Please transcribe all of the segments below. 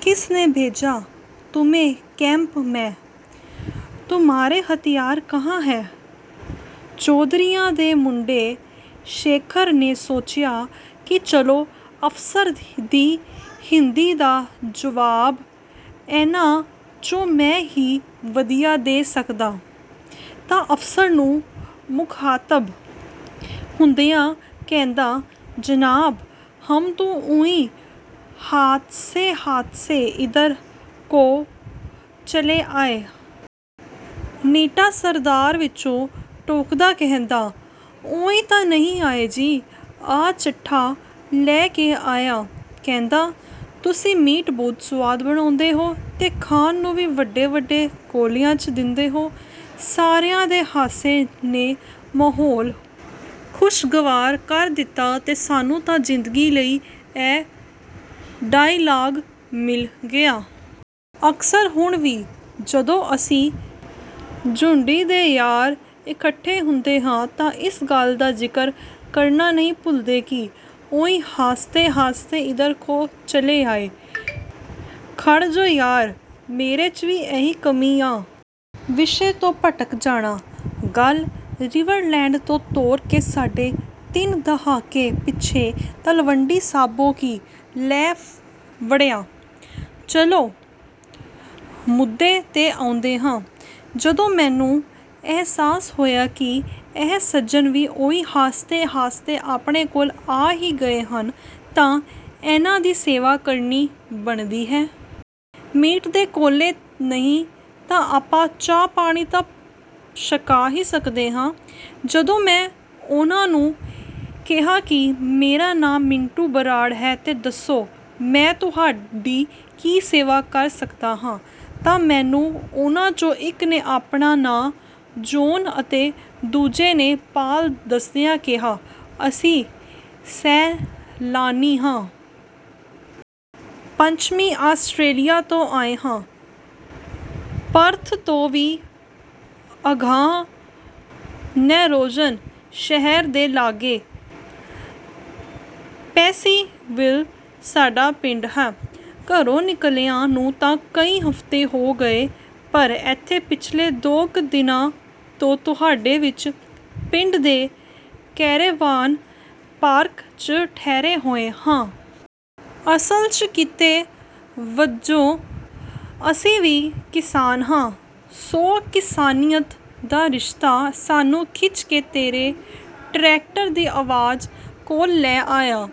ਕਿਸ ਨੇ ਭੇਜਾ ਤੁਮੇ ਕੈਂਪ ਮੈਂ? ਤੁਮਾਰੇ ਹਥਿਆਰ ਕਹਾਂ ਹੈ? ਚੌਧਰੀਆਂ ਦੇ ਮੁੰਡੇ ਸ਼ੇਖਰ ਨੇ ਸੋਚਿਆ ਕਿ ਚਲੋ ਅਫ਼ਸਰ ਦੀ ਹਿੰਦੀ ਦਾ ਜਵਾਬ ਇਹਨਾਂ 'ਚੋਂ ਮੈਂ ਹੀ ਵਧੀਆ ਦੇ ਸਕਦਾ। ਤਾਂ ਅਫ਼ਸਰ ਨੂੰ ਮੁਖ਼ਾਤਬ ਹੁੰਦਿਆਂ ਕਹਿੰਦਾ, "ਜਨਾਬ, ਹਮ ਤੋ ਊਂਈ ਹਾਸਤੇ-ਹਾਸਤੇ ਇੱਧਰ ਕੋ ਚਲੇ ਆਏ।" ਨੀਟਾ ਸਰਦਾਰ ਵਿਚੋਂ ਟੋਕਦਾ ਕਹਿੰਦਾ, "ਊਈ ਤਾਂ ਨਹੀਂ ਆਏ ਜੀ, ਆਹ ਚੱਠਾ ਲੈ ਕੇ ਆਇਆ। ਕਹਿੰਦਾ, ਤੁਸੀਂ ਮੀਟ ਬਹੁਤ ਸਵਾਦ ਬਣਾਉਂਦੇ ਹੋ ਤੇ ਖਾਣ ਨੂੰ ਵੀ ਵੱਡੇ-ਵੱਡੇ ਕੌਲਿਆਂ 'ਚ ਦਿੰਦੇ ਹੋ।" ਸਾਰਿਆਂ ਦੇ ਹਾਸੇ ਨੇ ਮਾਹੌਲ ਖ਼ੁਸ਼ਗਵਾਰ ਕਰ ਦਿੱਤਾ ਤੇ ਸਾਨੂੰ ਤਾਂ ਜ਼ਿੰਦਗੀ ਲਈ ਇਹ ਡਾਇਲਾਗ ਮਿਲ ਗਿਆ। ਅਕਸਰ ਹੁਣ ਵੀ, ਜਦੋਂ ਅਸੀਂ ਜੁੰਡੀ ਦੇ ਯਾਰ ਇਕੱਠੇ ਹੁੰਦੇ ਹਾਂ, ਤਾਂ ਇਸ ਗੱਲ ਦਾ ਜ਼ਿਕਰ ਕਰਨਾ ਨਹੀਂ ਭੁੱਲਦੇ ਕਿ, "ਊਂਈ ਹਾਸਤੇ-ਹਾਸਤੇ ਇੱਧਰ ਕੋ ਚਲੇ ਆਏ।" ਖੜ੍ਹ ਜੋ ਯਾਰ! ਮੇਰੇ 'ਚ ਵੀ ਇਹ ਕਮੀ ਆ। ਵਿਸ਼ੇ ਤੋਂ ਭਟਕ ਜਾਣਾ। ਗੱਲ ਰਿਵਰਲੈਂਡ ਤੋਂ ਤੋਰ ਕੇ ਸਾਢੇ ਤਿੰਨ ਦਹਾਕੇ ਪਿੱਛੇ 'ਤਲਵੰਡੀ ਸਾਬੋ ਕੀ' ਲੈ ਵੜਿਆ। ਚਲੋ, ਮੁੱਦੇ 'ਤੇ ਆਉਂਦੇ ਹਾਂ। ਜਦੋਂ ਮੈਨੂੰ ਅਹਿਸਾਸ ਹੋਇਆ ਕਿ ਇਹ ਸੱਜਣ ਵੀ ਊਈ ਹਾਸਤੇ-ਹਾਸਤੇ ਆਪਣੇ ਕੋਲ ਆ ਹੀ ਗਏ ਹਨ, ਤਾਂ ਇਹਨਾਂ ਦੀ ਸੇਵਾ ਕਰਨੀ ਬਣਦੀ ਹੈ। ਮੀਟ ਦੇ ਕੌਲੇ ਨਹੀਂ ਤਾਂ ਆਪਾਂ ਚਾਹ-ਪਾਣੀ ਤਾਂ ਛਕਾ ਹੀ ਸਕਦੇ ਹਾਂ। ਜਦੋਂ ਮੈਂ ਉਹਨਾਂ ਨੂੰ ਕਿਹਾ ਕਿ, "ਮੇਰਾ ਨਾਂ ਮਿੰਟੂ ਬਰਾੜ ਹੈ ਤੇ ਦੱਸੋ, ਮੈਂ ਤੁਹਾਡੀ ਕੀ ਸੇਵਾ ਕਰ ਸਕਦਾ ਹਾਂ।" ਤਾਂ ਮੈਨੂੰ ਉਹਨਾਂ 'ਚੋਂ ਇਕ ਨੇ ਆਪਣਾ ਨਾਮ ਜੌਨ ਅਤੇ ਦੂਜੇ ਨੇ ਪਾਲ ਦੱਸਦਿਆਂ ਕਿਹਾ, "ਅਸੀਂ ਸੈਲਾਨੀ ਹਾਂ। ਪੱਛਮੀ ਆਸਟ੍ਰੇਲੀਆ ਤੋਂ ਆਏ ਹਾਂ। ਪਰਥ ਤੋਂ ਵੀ ਅਗਾਂਹ ਨੈਰੋਜਨ ਸ਼ਹਿਰ ਦੇ ਲਾਗੇ ਪੇਸੇਵਿਲ ਸਾਡਾ ਪਿੰਡ ਹੈ। ਘਰੋਂ ਨਿਕਲਿਆਂ ਨੂੰ ਤਾਂ ਕਈ ਹਫ਼ਤੇ ਹੋ ਗਏ, ਪਰ ਇੱਥੇ ਪਿਛਲੇ ਦੋ ਕੁ ਦਿਨਾਂ ਤੋਂ ਤੁਹਾਡੇ ਵੀਚ ਪਿੰਡ ਦੇ ਕੈਰੇਵਾਨ ਪਾਰਕ 'ਚ ਠਹਿਰੇ ਹੋਏ ਹਾਂ। ਅਸਲ 'ਚ ਕਿੱਤੇ ਵਜੋਂ ਅਸੀਂ ਵੀ ਕਿਸਾਨ ਹਾਂ। ਸੋ ਕਿਸਾਨੀਅਤ ਦਾ ਰਿਸ਼ਤਾ ਸਾਨੂੰ ਖਿੱਚ ਕੇ ਤੇਰੇ ਟਰੈਕਟਰ ਦੀ ਆਵਾਜ਼ ਕੋਲ ਲੈ ਆਇਆ।"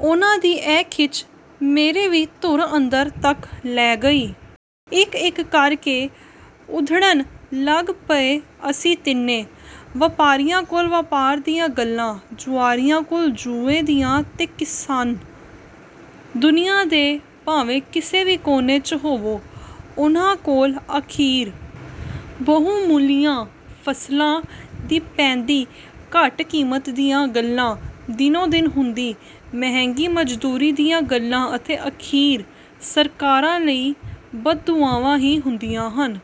ਉਹਨਾਂ ਦੀ ਇਹ ਖਿੱਚ ਮੇਰੇ ਵੀ ਧੁਰ ਅੰਦਰ ਤੱਕ ਲਹਿ ਗਈ। ਇਕ-ਇਕ ਕਰ ਕੇ ਉੱਧੜਨ ਲੱਗ ਪਏ ਅਸੀਂ ਤਿੰਨੇ। ਵਪਾਰੀਆਂ ਕੋਲ ਵਪਾਰ ਦੀਆਂ ਗੱਲਾਂ, ਜੁਆਰੀਆਂ ਕੋਲ ਜੂਏ ਦੀਆਂ ਤੇ ਕਿਸਾਨ, ਦੁਨੀਆ ਦੇ ਭਾਵੇਂ ਕਿਸੇ ਵੀ ਕੋਨੇ 'ਚ ਹੋਵੇ, ਉਹਨਾਂ ਕੋਲ ਅਖੀਰ ਬਹੁਮੁੱਲੀਆਂ ਫ਼ਸਲਾਂ ਦੀ ਪੈਂਦੀ ਘਟ ਕੀਮਤ ਦੀਆਂ ਗੱਲਾਂ, ਦਿਨੋਂ-ਦਿਨ ਹੁੰਦੀ ਮਹਿੰਗੀ ਮਜ਼ਦੂਰੀ ਦੀਆਂ ਗੱਲਾਂ ਅਤੇ ਅਖੀਰ ਸਰਕਾਰਾਂ ਲਈ ਬਦਦੁਆਵਾਂ ਹੀ ਹੁੰਦੀਆਂ ਹਨ।